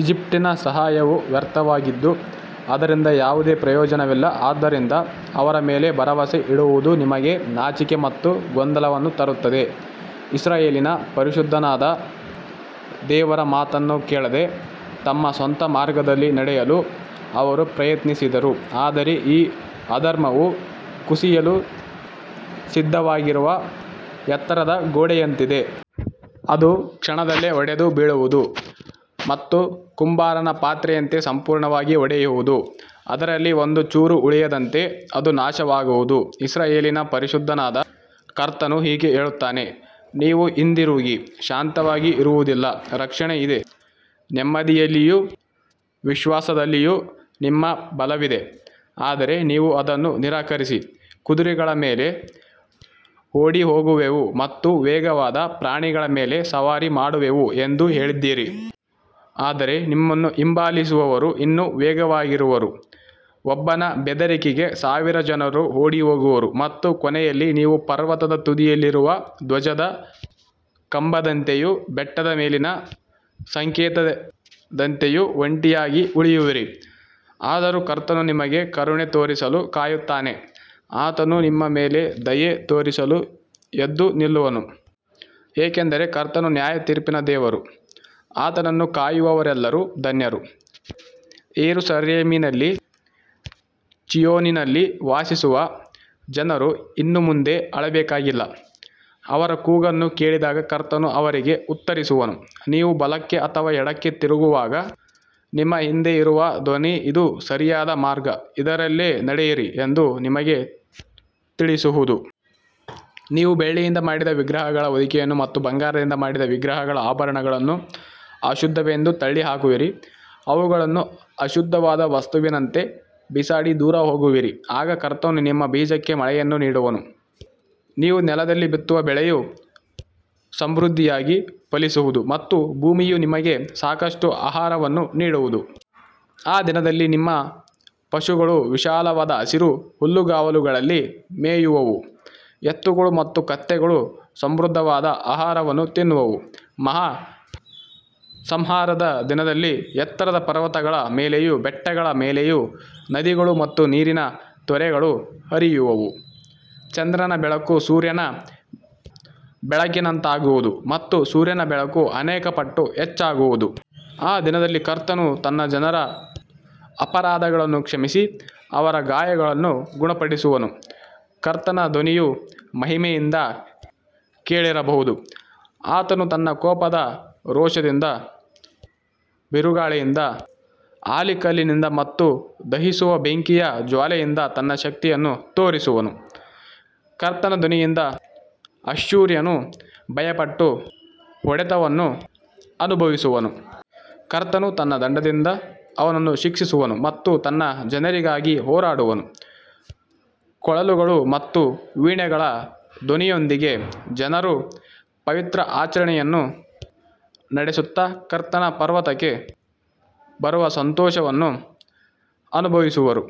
ಈಜಿಪ್ಟಿನ ಸಹಾಯವು ವ್ಯರ್ಥವಾಗಿದ್ದು ಅದರಿಂದ ಯಾವುದೇ ಪ್ರಯೋಜನವಿಲ್ಲ. ಆದ್ದರಿಂದ ಅವರ ಮೇಲೆ ಭರವಸೆ ಇಡುವುದು ನಿಮಗೆ ನಾಚಿಕೆ ಮತ್ತು ಗೊಂದಲವನ್ನು ತರುತ್ತದೆ. ಇಸ್ರಾಯೇಲಿನ ಪರಿಶುದ್ಧನಾದ ದೇವರ ಮಾತನ್ನು ಕೇಳದೆ ತಮ್ಮ ಸ್ವಂತ ಮಾರ್ಗದಲ್ಲಿ ನಡೆಯಲು ಅವರು ಪ್ರಯತ್ನಿಸಿದರು. ಆದರೆ ಈ ಅಧರ್ಮವು ಕುಸಿಯಲು ಸಿದ್ಧವಾಗಿರುವ ಎತ್ತರದ ಗೋಡೆಯಂತಿದೆ. ಅದು ಕ್ಷಣದಲ್ಲೇ ಒಡೆದು ಬೀಳುವುದು ಮತ್ತು ಕುಂಬಾರನ ಪಾತ್ರೆಯಂತೆ ಸಂಪೂರ್ಣವಾಗಿ ಒಡೆಯುವುದು. ಅದರಲ್ಲಿ ಒಂದು ಚೂರೂ ಉಳಿಯದಂತೆ ಅದು ನಾಶವಾಗುವುದು. ಇಸ್ರಾಯೇಲಿನ ಪರಿಶುದ್ಧನಾದ ಕರ್ತನು ಹೀಗೆ ಹೇಳುತ್ತಾನೆ. ನೀವು ಹಿಂದಿರುಗಿ ಶಾಂತವಾಗಿ ಇರುವುದರಲ್ಲಿ ರಕ್ಷಣೆ ಇದೆ. ನೆಮ್ಮದಿಯಲ್ಲಿಯೂ ವಿಶ್ವಾಸದಲ್ಲಿಯೂ ನಿಮ್ಮ ಬಲವಿದೆ. ಆದರೆ ನೀವು ಅದನ್ನು ನಿರಾಕರಿಸಿ ಕುದುರೆಗಳ ಮೇಲೆ ಓಡಿಹೋಗುವೆವು ಮತ್ತು ವೇಗವಾದ ಪ್ರಾಣಿಗಳ ಮೇಲೆ ಸವಾರಿ ಮಾಡುವೆವು ಎಂದು ಹೇಳಿದ್ದೀರಿ. ಆದರೆ ನಿಮ್ಮನ್ನು ಹಿಂಬಾಲಿಸುವವರು ಇನ್ನೂ ವೇಗವಾಗಿರುವರು. ಒಬ್ಬನ ಬೆದರಿಕೆಗೆ ಸಾವಿರ ಜನರು ಓಡಿಹೋಗುವರು ಮತ್ತು ಕೊನೆಯಲ್ಲಿ ನೀವು ಪರ್ವತದ ತುದಿಯಲ್ಲಿರುವ ಧ್ವಜದ ಕಂಬದಂತೆಯೂ ಬೆಟ್ಟದ ಮೇಲಿನ ಸಂಕೇತದಂತೆಯೂ ಒಂಟಿಯಾಗಿ ಉಳಿಯುವಿರಿ. ಆದರೂ ಕರ್ತನು ನಿಮಗೆ ಕರುಣೆ ತೋರಿಸಲು ಕಾಯುತ್ತಾನೆ. ಆತನು ನಿಮ್ಮ ಮೇಲೆ ದಯೆ ತೋರಿಸಲು ಎದ್ದು ನಿಲ್ಲುವನು. ಏಕೆಂದರೆ ಕರ್ತನು ನ್ಯಾಯತೀರ್ಪಿನ ದೇವರು. ಆತನನ್ನು ಕಾಯುವವರೆಲ್ಲರೂ ಧನ್ಯರು. ಯೆರೂಸಲೇಮಿನಲ್ಲಿ ಚೀಯೋನಿನಲ್ಲಿ ವಾಸಿಸುವ ಜನರು ಇನ್ನು ಮುಂದೆ ಅಳಬೇಕಾಗಿಲ್ಲ. ಅವರ ಕೂಗನ್ನು ಕೇಳಿದಾಗ ಕರ್ತನು ಅವರಿಗೆ ಉತ್ತರಿಸುವನು. ನೀವು ಬಲಕ್ಕೆ ಅಥವಾ ಎಡಕ್ಕೆ ತಿರುಗುವಾಗ ನಿಮ್ಮ ಹಿಂದೆ ಇರುವ ಧ್ವನಿ ಇದು ಸರಿಯಾದ ಮಾರ್ಗ, ಇದರಲ್ಲೇ ನಡೆಯಿರಿ ಎಂದು ನಿಮಗೆ ತಿಳಿಸುವುದು. ನೀವು ಬೆಳ್ಳಿಯಿಂದ ಮಾಡಿದ ವಿಗ್ರಹಗಳ ಹೊದಿಕೆಯನ್ನು ಮತ್ತು ಬಂಗಾರದಿಂದ ಮಾಡಿದ ವಿಗ್ರಹಗಳ ಆಭರಣಗಳನ್ನು ಅಶುದ್ಧವೆಂದು ತಳ್ಳಿ ಹಾಕುವಿರಿ. ಅವುಗಳನ್ನು ಅಶುದ್ಧವಾದ ವಸ್ತುವಿನಂತೆ ಬಿಸಾಡಿ ದೂರ ಹೋಗುವಿರಿ. ಆಗ ಕರ್ತನು ನಿಮ್ಮ ಬೀಜಕ್ಕೆ ಮಳೆಯನ್ನು ನೀಡುವನು. ನೀವು ನೆಲದಲ್ಲಿ ಬಿತ್ತುವ ಬೆಳೆಯು ಸಮೃದ್ಧಿಯಾಗಿ ಫಲಿಸುವುದು ಮತ್ತು ಭೂಮಿಯು ನಿಮಗೆ ಸಾಕಷ್ಟು ಆಹಾರವನ್ನು ನೀಡುವುದು. ಆ ದಿನದಲ್ಲಿ ನಿಮ್ಮ ಪಶುಗಳು ವಿಶಾಲವಾದ ಹಸಿರು ಹುಲ್ಲುಗಾವಲುಗಳಲ್ಲಿ ಮೇಯುವವು. ಎತ್ತುಗಳು ಮತ್ತು ಕತ್ತೆಗಳು ಸಮೃದ್ಧವಾದ ಆಹಾರವನ್ನು ತಿನ್ನುವವು. ಮಹಾ ಸಂಹಾರದ ದಿನದಲ್ಲಿ ಎತ್ತರದ ಪರ್ವತಗಳ ಮೇಲೆಯೂ ಬೆಟ್ಟಗಳ ಮೇಲೆಯೂ ನದಿಗಳು ಮತ್ತು ನೀರಿನ ತೊರೆಗಳು ಹರಿಯುವವು. ಚಂದ್ರನ ಬೆಳಕು ಸೂರ್ಯನ ಬೆಳಕಿನಂತಾಗುವುದು ಮತ್ತು ಸೂರ್ಯನ ಬೆಳಕು ಅನೇಕ ಪಟ್ಟು ಹೆಚ್ಚಾಗುವುದು. ಆ ದಿನದಲ್ಲಿ ಕರ್ತನು ತನ್ನ ಜನರ ಅಪರಾಧಗಳನ್ನು ಕ್ಷಮಿಸಿ ಅವರ ಗಾಯಗಳನ್ನು ಗುಣಪಡಿಸುವನು. ಕರ್ತನ ಧ್ವನಿಯು ಮಹಿಮೆಯಿಂದ ಕೇಳಿಬರುವುದು. ಆತನು ತನ್ನ ಕೋಪದ ರೋಷದಿಂದ, ಬಿರುಗಾಳಿಯಿಂದ, ಆಲಿಕಲ್ಲಿನಿಂದ ಮತ್ತು ದಹಿಸುವ ಬೆಂಕಿಯ ಜ್ವಾಲೆಯಿಂದ ತನ್ನ ಶಕ್ತಿಯನ್ನು ತೋರಿಸುವನು. ಕರ್ತನ ಧ್ವನಿಯಿಂದ ಅಶ್ಶೂರ್ಯನು ಭಯಪಟ್ಟು ಹೊಡೆತವನ್ನು ಅನುಭವಿಸುವನು. ಕರ್ತನು ತನ್ನ ದಂಡದಿಂದ ಅವನನ್ನು ಶಿಕ್ಷಿಸುವನು ಮತ್ತು ತನ್ನ ಜನರಿಗಾಗಿ ಹೋರಾಡುವನು. ಕೊಳಲುಗಳು ಮತ್ತು ವೀಣೆಗಳ ಧ್ವನಿಯೊಂದಿಗೆ ಜನರು ಪವಿತ್ರ ಆಚರಣೆಯನ್ನು ನಡೆಸುತ್ತಾ ಕರ್ತನ ಪರ್ವತಕ್ಕೆ ಬರುವ ಸಂತೋಷವನ್ನು ಅನುಭವಿಸುವರು.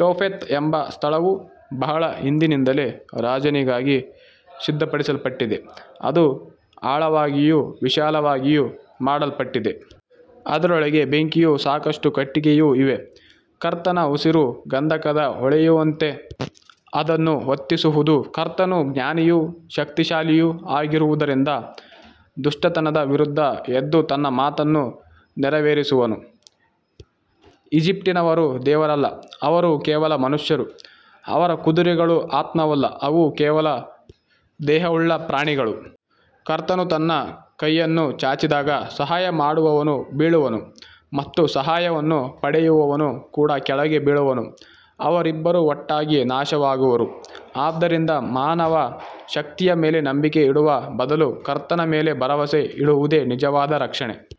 ಟೋಫೆತ್ ಎಂಬ ಸ್ಥಳವು ಬಹಳ ಹಿಂದಿನಿಂದಲೇ ರಾಜನಿಗಾಗಿ ಸಿದ್ಧಪಡಿಸಲ್ಪಟ್ಟಿದೆ. ಅದು ಆಳವಾಗಿಯೂ ವಿಶಾಲವಾಗಿಯೂ ಮಾಡಲ್ಪಟ್ಟಿದೆ. ಅದರೊಳಗೆ ಬೆಂಕಿಯೂ ಸಾಕಷ್ಟು ಕಟ್ಟಿಗೆಯೂ ಇವೆ. ಕರ್ತನ ಉಸಿರು ಗಂಧಕದ ಹೊಳೆಯಂತೆ ಅದನ್ನು ಹೊತ್ತಿಸುವುದು. ಕರ್ತನು ಜ್ಞಾನಿಯೂ ಶಕ್ತಿಶಾಲಿಯೂ ಆಗಿರುವುದರಿಂದ ದುಷ್ಟತನದ ವಿರುದ್ಧ ಎದ್ದು ತನ್ನ ಮಾತನ್ನು ನೆರವೇರಿಸುವನು. ಈಜಿಪ್ಟಿನವರು ದೇವರಲ್ಲ, ಅವರು ಕೇವಲ ಮನುಷ್ಯರು. ಅವರ ಕುದುರೆಗಳು ಆತ್ಮವಲ್ಲ, ಅವು ಕೇವಲ ದೇಹವುಳ್ಳ ಪ್ರಾಣಿಗಳು. ಕರ್ತನು ತನ್ನ ಕೈಯನ್ನು ಚಾಚಿದಾಗ ಸಹಾಯ ಮಾಡುವವನು ಬೀಳುವನು ಮತ್ತು ಸಹಾಯವನ್ನು ಪಡೆಯುವವನು ಕೂಡ ಕೆಳಗೆ ಬೀಳುವನು. ಅವರಿಬ್ಬರೂ ಒಟ್ಟಾಗಿ ನಾಶವಾಗುವರು. ಆದ್ದರಿಂದ ಮಾನವ ಶಕ್ತಿಯ ಮೇಲೆ ನಂಬಿಕೆ ಇಡುವ ಬದಲು ಕರ್ತನ ಮೇಲೆ ಭರವಸೆ ಇಡುವುದೇ ನಿಜವಾದ ರಕ್ಷಣೆ.